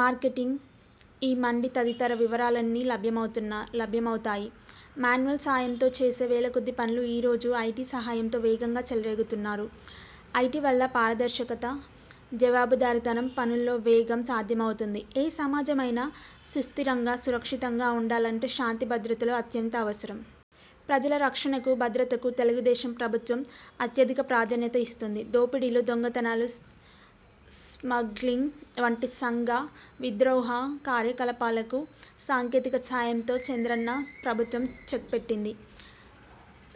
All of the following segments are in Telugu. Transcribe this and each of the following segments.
మార్కెటింగ్, ఈ-మండీ తదితర వివరాలన్నీ లభ్యమవుతున్న లభ్యమవుతాయి. మాన్యువల్ సాయంతో చేసే వేల కొద్దీ పనులు ఈ రోజు ఐటీ సహాయంతో వేగంగా చేయగలుగుతున్నారు. ఐటీ వల్ల పారదర్శకత, జవాబుదారీతనం, పనుల్లో వేగం సాధ్యమవుతుంది. ఏ సమాజమైనా సుస్థిరంగా, సురక్షితంగా ఉండాలంటే శాంతి భద్రతలు అత్యంత అవసరం. ప్రజల రక్షణకు, భద్రతకు తెలుగుదేశం ప్రభుత్వం అత్యధిక ప్రాధాన్యత ఇస్తుంది. దోపిడీలు, దొంగతనాలు, స్మగ్లింగ్, వంటి సంఘ విద్రోహ కార్యకలాపాలకు సాంకేతికత సాయంతో చంద్రన్న ప్రభుత్వం చెక్పెట్టింది.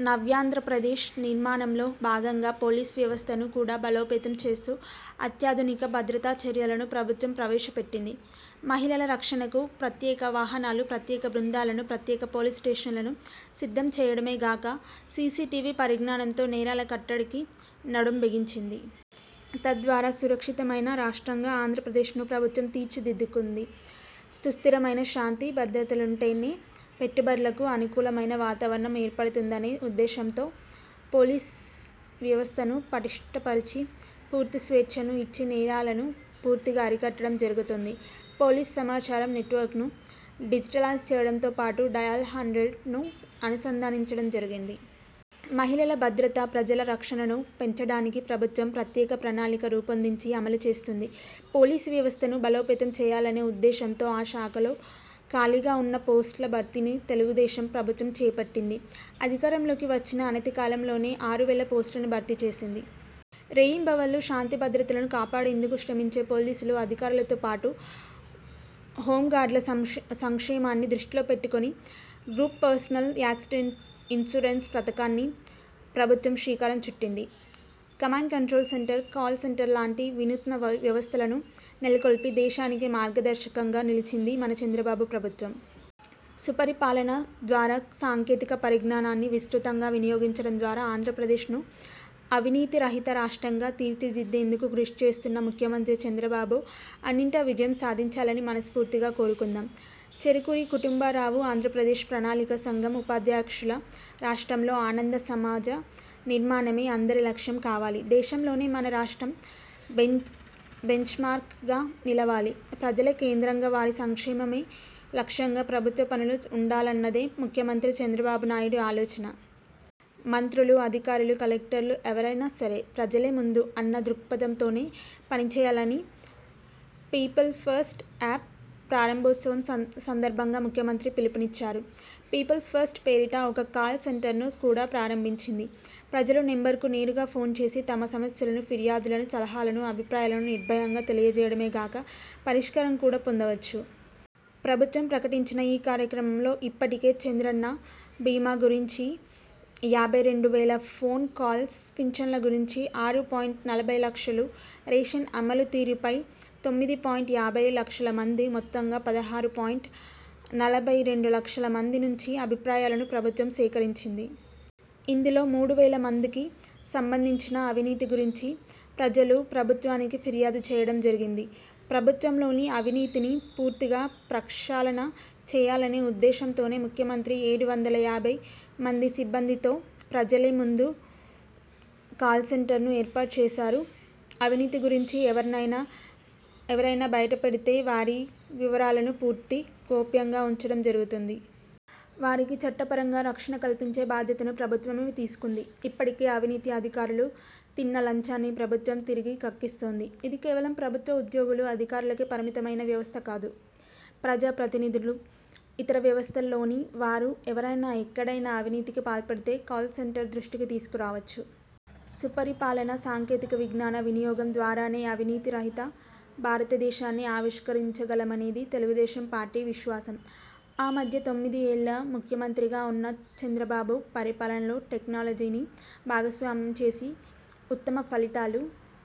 నవ్యాంధ్రప్రదేశ్ నిర్మాణంలో భాగంగా పోలీసు వ్యవస్థను కూడా బలోపేతం చేస్తూ అత్యాధునిక భద్రతా చర్యలను ప్రభుత్వం ప్రవేశపెట్టింది. మహిళల రక్షణకు ప్రత్యేక వాహనాలు, ప్రత్యేక బృందాలను, ప్రత్యేక పోలీస్ స్టెషన్లను సిద్ధం చేయడమే గాక, సీసీటీవీ పరిజ్ఞానంతో నేరాల కట్టడికి నడుం బిగించింది. తద్వారా సురక్షితమైన రాష్ట్రంగా ఆంధ్రప్రదేశ్ను ప్రభుత్వం తీర్చిదిద్దుతోంది. సుస్థిరమైన శాంతి భద్రతలుంటేనే పెట్టుబడులకు అనుకూలమైన వాతావరణం ఏర్పడుతుందనే ఉద్దేశంతో పోలీస్ వ్యవస్థను పటిష్ఠ పరిచి, పూర్తి స్వేచ్ఛను ఇచ్చి నేరాలను పూర్తిగా అరికట్టడం జరుగుతోంది. పోలీస్ సమాచారం నెట్వర్క్ ను డిజిటలైజ్ చేయడంతోపాటు డయల్ హండ్రెడ్ ను అనుసంధానించడం జరిగింది. మహిళల భద్రత, ప్రజల రక్షణను పెంచడానికి ప్రభుత్వం ప్రత్యేక ప్రణాళిక రూపొందించి అమలు చేస్తోంది. పోలీసు వ్యవస్థను బలోపేతం చేయాలనే ఉద్దేశంతో ఆ శాఖలో ఖాళీగా ఉన్న పోస్టుల భర్తీని తెలుగుదేశం ప్రభుత్వం చేపట్టింది. అధికారంలోకి వచ్చిన అనతి కాలంలోనే ఆరు వేల పోస్టులను భర్తీ చేసింది. రేయింబవళ్లు శాంతి భద్రతలను కాపాడేందుకు శ్రమించే పోలీసులు, అధికారులతో పాటు హోంగార్డుల సంక్షేమాన్ని దృష్టిలో పెట్టుకొని గ్రూప్ పర్సనల్ యాక్సిడెంట్స్ ఇన్సూరెన్స్ పథకానికి ప్రభుత్వం శ్రీకారం చుట్టింది. Command control centre, call centre లాంటి వినూత్న వ్యవస్థలను నెలకొల్పి దేశానికే మార్గదర్శకంగా నిలిచింది మన చంద్రబాబు ప్రభుత్వం. సుపరిపాలన ద్వారా సాంకేతిక పరిజ్ఞానాన్ని విస్తృతంగా వినియోగించడం ద్వారా ఆంధ్రప్రదేశ్ను అవినీతిరహిత రాష్ట్రంగా తీర్చిదిద్దేందుకు కృషి చేస్తున్న ముఖ్యమంత్రి చంద్రబాబు అన్నింటా విజయం సాధించాలని మనస్ఫూర్తిగా కోరుకుందాం. చెరుకూరి కుటుంబరావుఆంధ్రప్రదేశ్ ప్రణాళికా సంఘం ఉపాధ్యక్షులు రాష్ట్రంలో ఆనంద సమాజ నిర్మాణమే అందరి లక్ష్యం కావాలి, దేశంలోనే మన రాష్ట్రం బెంచ్మార్క్ గా నిలవాలి, ప్రజలే కేంద్రంగా వారి సంక్షేమమే లక్ష్యంగా ప్రభుత్వ పనులు ఉండాలన్నదే ముఖ్యమంత్రి చంద్రబాబునాయుడి అలోచన. మంత్రులు, అధికారులు, కలెక్టర్లు, ఎవరైనా సరే ప్రజలే ముందు అన్న దృక్పథంతో పనిచేయాలని పీపుల్ఫస్ట్ యాప్ ప్రారంభోత్సవం సందర్భంగా ముఖ్యమంత్రి పిలుపునిచ్చారు. పీపుల్ ఫస్ట్ పేరిట ఒక కాల్ సెంటర్ను కూడా ప్రారంభించింది. ప్రజలు నెంబరుకు నేరుగా ఫోన్ చేసి తమ సమస్యలను, ఫిర్యాదులను, సలహాలను, అభిప్రాయాలను నిర్భయంగా తెలియచేయడమే గాక, పరిష్కారం కూడా పొందవచ్చు. ప్రభుత్వం ప్రకటించిన ఈ కార్యక్రమంలో ఇప్పటికే చంద్రన్న బీమా గురించి యాభై రెండు వేల ఫోన్ కాల్స్, పింఛన్ల గురించి ఆరు పాయింట్ నలభై లక్షలు, రేషన్ అమలు తీరుపై తొమ్మిది పాయింట్ యాభై లక్షల మంది. మొత్తంగా పదహారు పాయింట్ నలభై రెండు లక్షల మంది నుంచి అభిప్రాయాలను ప్రభుత్వం సేకరించింది. ఇందులో మూడు వేల మందికి సంబంధించిన అవినీతి గురించి ప్రజలు ప్రభుత్వానికి ఫిర్యాదు చేయడం జరిగింది. ప్రభుత్వంలోని అవినీతిని పూర్తిగా ప్రక్షాళన చేయాలనే ఉద్దేశంతోనే ముఖ్యమంత్రి ఏడు వందల యాభై మంది సిబ్బందితో ప్రజలే ముందు కాల్సెంటర్ను ఏర్పాటు చేశారు. అవినీతి గురించి ఎవర్నైనా ఎవరైనా బయటపెడితే వారి వివరాలను పూర్తి గోప్యంగా ఉంచడం జరుగుతోంది. వారికి చట్టపరంగా రక్షణ కల్పించే బాధ్యతను ప్రభుత్వమే తీసుకుంది. ఇప్పటికే అవినీతి అధికారులు తిన్న లంచాన్ని ప్రభుత్వం తిరిగి కక్కిస్తోంది. ఇది కేవలం ప్రభుత్వ ఉద్యోగులు, అధికారులకే పరిమితమయిన వ్యవస్థకాదు. ప్రజా ప్రతినిధులు, ఇతర వ్యవస్థల్లోని వారు ఎవరైనా ఎక్కడైనా అవినీతికి పాల్పడితే కాల్సెంటర్ దృష్టికి తీసుకురావచ్చు. సుపరిపాలన, సాంకేతిక విజ్ఞాన వినియోగం ద్వారానే అవినీతి రహిత భారతదేశాన్ని ఆవిష్కరించ గలమనేది తెలుగుదేశం పార్టీ విశ్వాసం. ఆ మధ్య తొమ్మిది ఏళ్లు ముఖ్యమంత్రిగా ఉన్న చంద్రబాబు పరిపాలనలో టెక్నాలజీని భాగస్వామ్యం చేసి ఉత్తమ ఫలితాలు